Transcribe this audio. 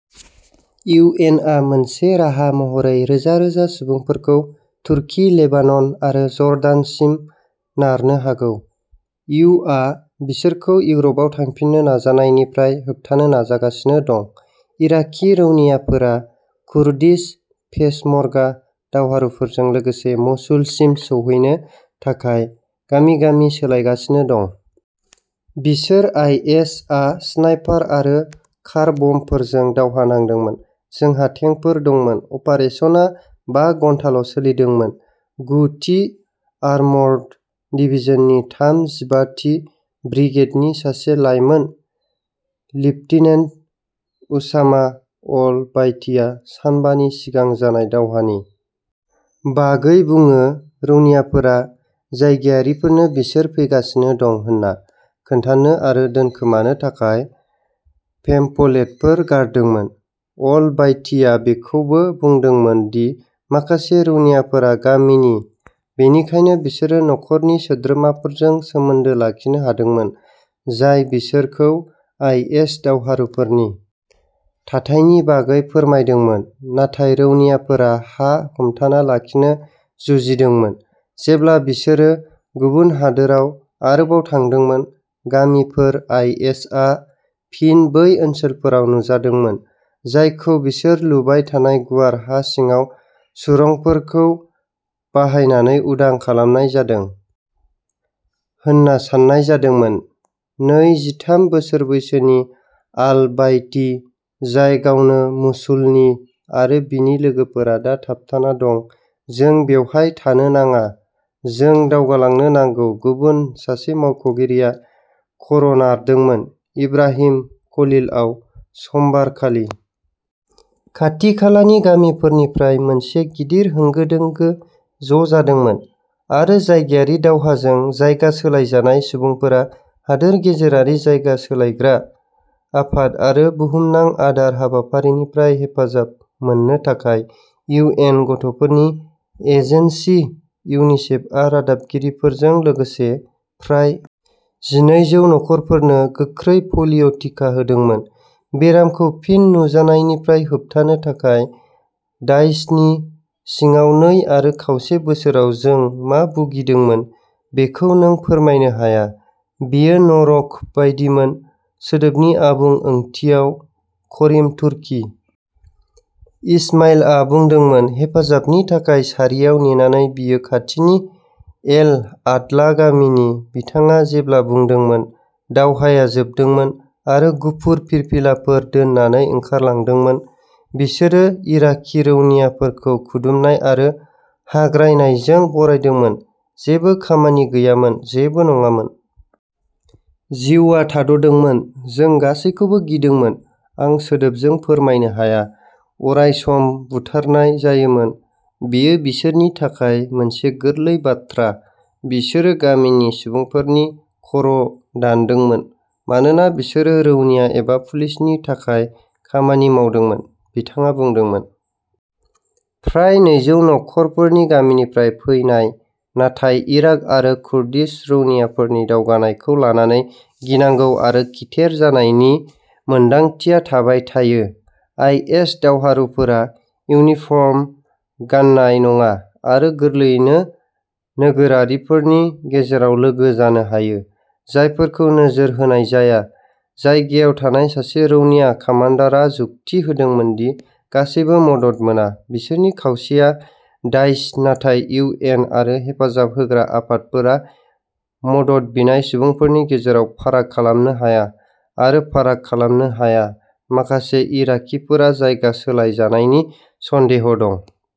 U N आ मोनसे राहा महरै रोजा रोजा सुबुंफोरखौ तुर्की लेबानन आरो जर्डानसिम नारनो हागौ इउ आ बिसोरखौ इउर'पआव थांफिननो नाजानायनिफ्राय होबथानो नाजागासिनो दं। इराकी रौनियाफोरा कुर्दिश पेशमर्गा दावहारुफोरजों लोगोसे मसुलसिम सौहैनो थाखाय गामि गामि सोलायगासिनो दं। बिसोर आइएस आ स्नाइपार आरो कार बमफोरजों दावहा नांदोंमोन जोंहा टेंकफोर दंमोन अपारेसनआ बा घन्टाल'सोलिदोंमोन गु थि आर्मर्ड डिभिजननि थाम जिबा थि ब्रिगेडनि सासे लाइमोन लेफ्टिनेन्ट उसामा अल बायतीआ सानबानि सिगां जानाय दावहानि -- बागै बुङो रौनियाफोरा जायगायारिफोरनो बिसोर फैगासिनो दं होन्ना खोन्थानो आरो दोनखोमानो थाखाय पेम्फलेटफोर गारदोंमोन अल बायतीआ बेखौबो बुंदोंमोन दि माखासे रौनियाफोरा गामिनि बेनिखायनो बिसोरो नखरनि सोद्रोमाफोरजों सोमोन्दो लाखिनो हादोंमोन जाय बिसोरखौ आइएस दावहारुफोरनि -- थाथायनि बागै फोरमायदोंमोन नाथाय रौनियाफोरा हा हमथाना लाखिनो जुजिदोंमोन जेब्ला बिसोरो गुबुन हादोराव आरोबाव थांदोंमोन गामिफोर आइएसआ फिन बै ओनसोलफोराव नुजादोंमोन जायखौ बिसोर लुबाय थानाय गुवार हा सिङाव सुरंगफोरखौ बाहायनानै उदां खालामनाय जादों होनना साननाय जादोंमोन नै जिथाम बोसोर बैसोनि आल बायती जाय गावनो मसुलनि आरो बिनि लोगोफोरा दा थाबथाना दं जों बेवहाय थानो नाङा जों दावगालांनो नांगौ गुबुन सासे मावख'गिरिआ खर'नारदोंमोन इब्राहिम खलीलआव समबार खालि -- खाथिखालानि गामिफोरनिफ्राय मोनसे गिदिर होंगो दोंगो ज'जादोंमोन आरो जायगायारि दावहाजों जायगा सोलायजानाय सुबुंफोरा हादोर गेजेरारि जायगा सोलायग्रा आफाद आरो बुहुमनां आदार हाबाफारिनिफ्राय हेफाजाब मोननो थाखाय इउ एन गथ'फोरनि एजेन्सि इउनिसेफआ रादाबगिरिफोरजों लोगोसे प्राय -- जिनै जौ नखरफोरनो गोख्रै पलिय टिका होदोंमोन बेरामखौ फिन नुजानायनिफ्राय होबथानो थाखाय दाइशनि सिङाव नै आरो खावसे बोसोराव जों मा भुगिदोंमोन बेखौ नों फोरमायनो हाया बेयो नरक बायदिमोन सोदोबनि आबुं ओंथियाव करिम तुर्कि -- इसमाइलआ बुंदोंमोन हेफाजाबनि थाखाय सारियाव नेनानै बियो खाथिनि एल आदला गामिनि बिथाङा जेब्ला बुंदोंमोन दावहाया जोबदोंमोन आरो गुफुर फिरफिलाफोर दोननानै ओंखारलांदोंमोन बिसोरो इराकी रौनियाफोरखौ खुदुमनाय आरो हाग्रायनायजों बरायदोंमोन जेबो खामानि गैयामोन जेबो नङामोन। जिउआ थाद'दोंमोन जों गासैबोखौ गिदोंमोन आं सोदोबजों फोरमायनो हाया अराय सम बुथारनाय जायोमोन बेयो बिसोरनि थाखाय मोनसे गोरलै बाथ्रा बिसोरो गामिनि सुबुंफोरनि खर'दानदोंमोन मानोना बिसोरो रौनिया एबा पुलिसनि थाखाय खामानि मावदोंमोन बिथाङा बुंदोंमोन। फ्राय नैजौ नखरफोरनि गामिनिफ्राय फैनाय नाथाय इराक आरो कुर्दिश रौनियाफोरनि दावगानायखौ लानानै गिनांगौ आरो खिथेर जानायनि मोन्दांथिया थाबाय थायो आइएस दावहारुफोरा इउनिफर्म गान्नाय नङा आरो गोरलैयैनो नोगोरारिफोरनि गेजेराव लोगो जानो हायो जायफोरखौ नोजोर होनाय जाया जायगायाव थानाय सासे रौनिया कामान्डारा जुक्ति होदोंमोन दि गासैबो मदद मोना बिसोरनि खावसेया दाइश नाथाय इउ एन आरो हेफाजाब होग्रा आफादफोरा मदद बिनाय सुबुंफोरनि गेजेराव फाराग खालामनो हाया आरो फाराग खालामनो हाया माखासे इराकीफोरा जायगा सोलायजानायनि सन्देह दं।